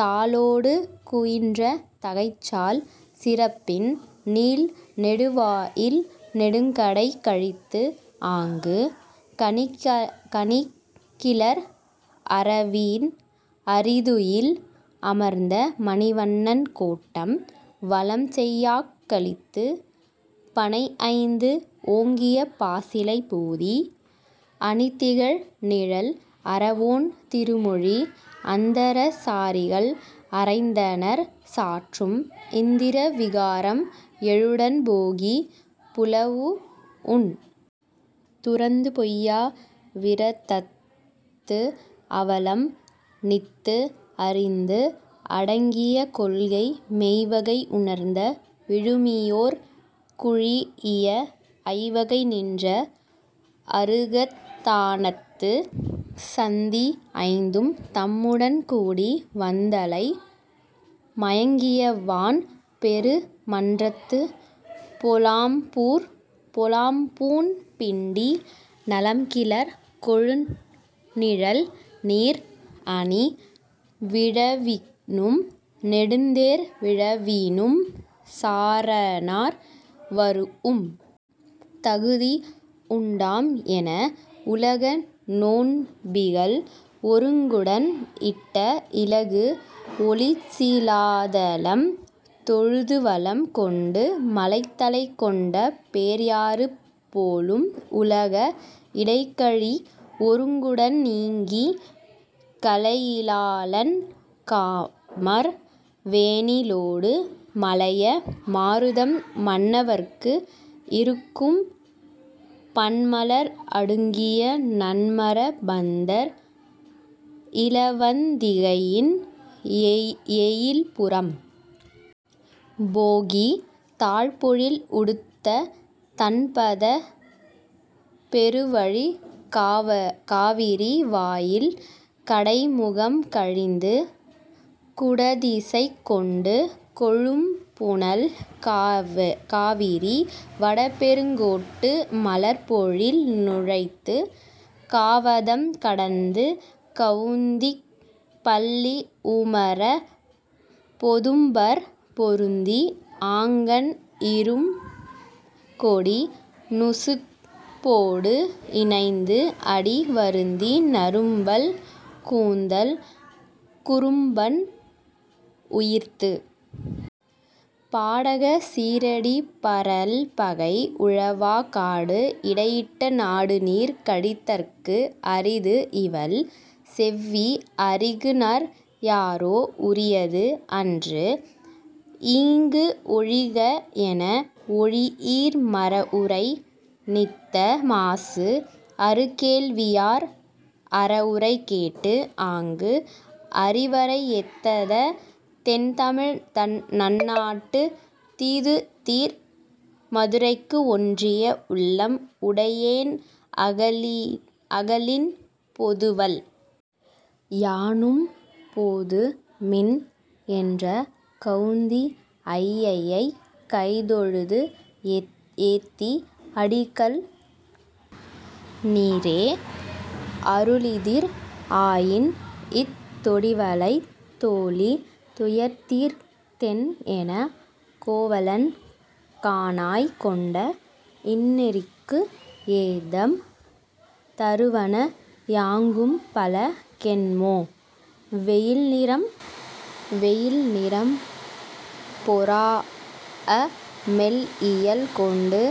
தாளோடு குயின்ற தகைசால் சிறப்பின் நீள்நெடு வாயில் நெடுங்கடை கழித்துஆங்கு, கணிகிளர் அரவின் அறிதுயில் அமர்ந்த மணிவண்ணன் கோட்டம் வலம்செயாக் கழித்து, பணைஐந்து ஓங்கிய பாசிலைப் போதி அணிதிகழ் நிழல் அறவோன் திருமொழி அந்தர சாரிகள் அறைந்தனர் சாற்றும் இந்திர விகாரம் எழுடன் போகி, புலவுஉண் துறந்து பொய்யா விரதத்து அவலம் நித்துஅறிந்து அடங்கிய கொள்கை மெய்வகை உணர்ந்த விழுமியோர் குழீஇய ஐவகை நின்ற அருகத் தானத்துச் சந்தி ஐந்தும் தம்முடன் கூடி வந்தலை மயங்கிய வான்பெரு மன்றத்துப் பொலாம்பூம் பிண்டி நலம்கிளர் கொழுநிழல் நீர்அணி விழவினும் நெடுந்தேர் விழவினும் சாரணார் வருஉம் தகுதிஉண் டாம்என உலக நோன்பிகள் ஒருங்குடன் இட்ட இலகுஒளிச் சீலாதலம் தொழுதுவலம் கொண்டு, மலைதலைக் கொண்ட பேர்யாறு போலும் உலக இடைகழி ஒருங்குடன் நீங்கி, கலையிலாளன் காமர் வேனிலோடு மலைய மாருதம் மன்னவற்கு இறுக்கும் பன்மலர் அடுக்கிய நன்மரப் பந்தர் இலவந் திகையின் எயில்புறம் போகி, தாழ்பொழில் உடுத்த தண்பதப் பெருவழிக் காவிரி வாயில் கடைமுகம் கழிந்து, குடதிசைக் கொண்டு கொழும்புனல் காவிரி வடபெருங்கோட்டு மலர்ப்பொழில் நுழைத்து, காவதம் கடந்து கவுந்திப் பள்ளிப் பூமரப் பொதும்பர்ப் பொருந்தி ஆங்கண் இறும்கொடி நுசுப்போடு இனைந்துஅடி வருந்தி நறும்பல் கூந்தல் குறும்பன் உயிர்த்து பாடகச் சீறடி பரல்பகை உழவா காடுஇடை யிட்ட நாடுநீர் கழிதற்கு அரிதுஇவள் செவ்வி அறிகுநர் யாரோ உரியது அன்றுஈங்கு ஒழிகஎன ஒழியீர் மறஉரை நித்த மாசுஅறு கேள்வியார் அறஉரை கேட்டுஆங்கு அறிவரை ஏத்தத் தென்தமிழ் நன்னாட்டுத் தீதுதீர் மதுரைக்கு ஒன்றிய உள்ளம் உடையேன் அகலின் பொதுவல் யானும் போதுமின் என்ற கவுந்தி ஐயையைக் கைதொழுது ஏத்தி அடிகள் நீரே அருளிதிர் ஆயின்இத் தொடிவளைத் தோளி துயர்த்தீர்த் தென்என, கோவலன் காணாய் கொண்ட இந்நெறிக்கு ஏதம் தருவன யாங்கும்பல கெண்மோ: வெயில்நிறம் வெயில்நிறம் பொறாஅ மெல்இயல் கொண்டு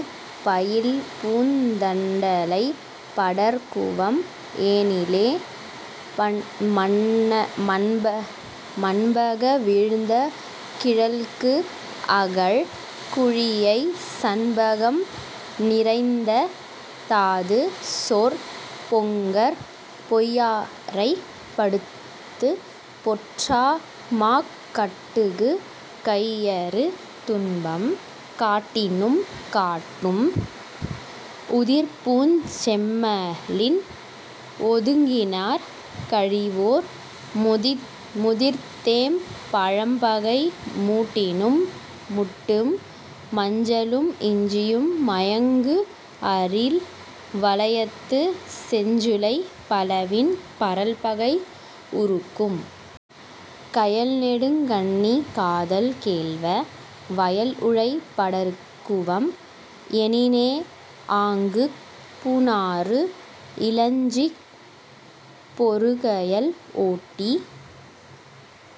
பயில்பூந் தண்டலைப் படர்குவம் எனிலே, மண்பக வீழ்ந்த கிழங்குஅகழ் குழியைச் சண்பகம் நிறைந்த தாதுசோர் பொங்கர் பொய்யாறைப் படுத்துப் பொற்றா மாக்கட்குக் கையறு துன்பம் காட்டினும் காட்டும், உதிர்ப்பூஞ் செம்மலின் ஒதுங்கினார் கழிவோர் முதிர்த்தேம் பழம்பகை மூட்டினும் முட்டும், மஞ்சளும் இஞ்சியும் மயங்குஅரில் வலயத்துச் செஞ்சுளைப் பலவின் பரல்பகை உறுக்கும். கயல்நெடுங் கண்ணி காதல் கேள்வ. வயல்உழைப் படர்க்குவம் எனினே ஆங்குப் பூநாறு இலஞ்சிப் பொருகயல் ஓட்டி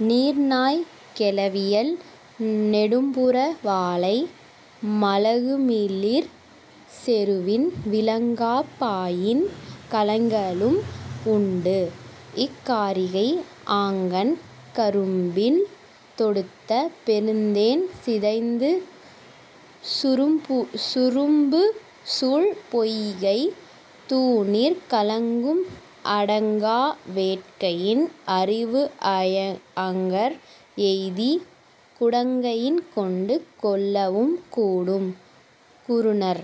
நீர்நாய் கெளவிய நெடும்புற வாளை மலங்குமிளிர் செறுவின் விலங்காப் பாயின் கலங்கலும் உண்டுஇக் காரிகை, ஆங்கண் கரும்பில் தொடுத்த பெருந்தேன் சிதைந்து சுரும்புசுரும்புசூழ் பொய்கைத் தூநீர் கலக்கும் அடங்கா வேட்கையின் அறிவுஅஞர் எய்திக் குடங்கையின் கொண்டு கொள்ளவும் கூடும், குறுநர்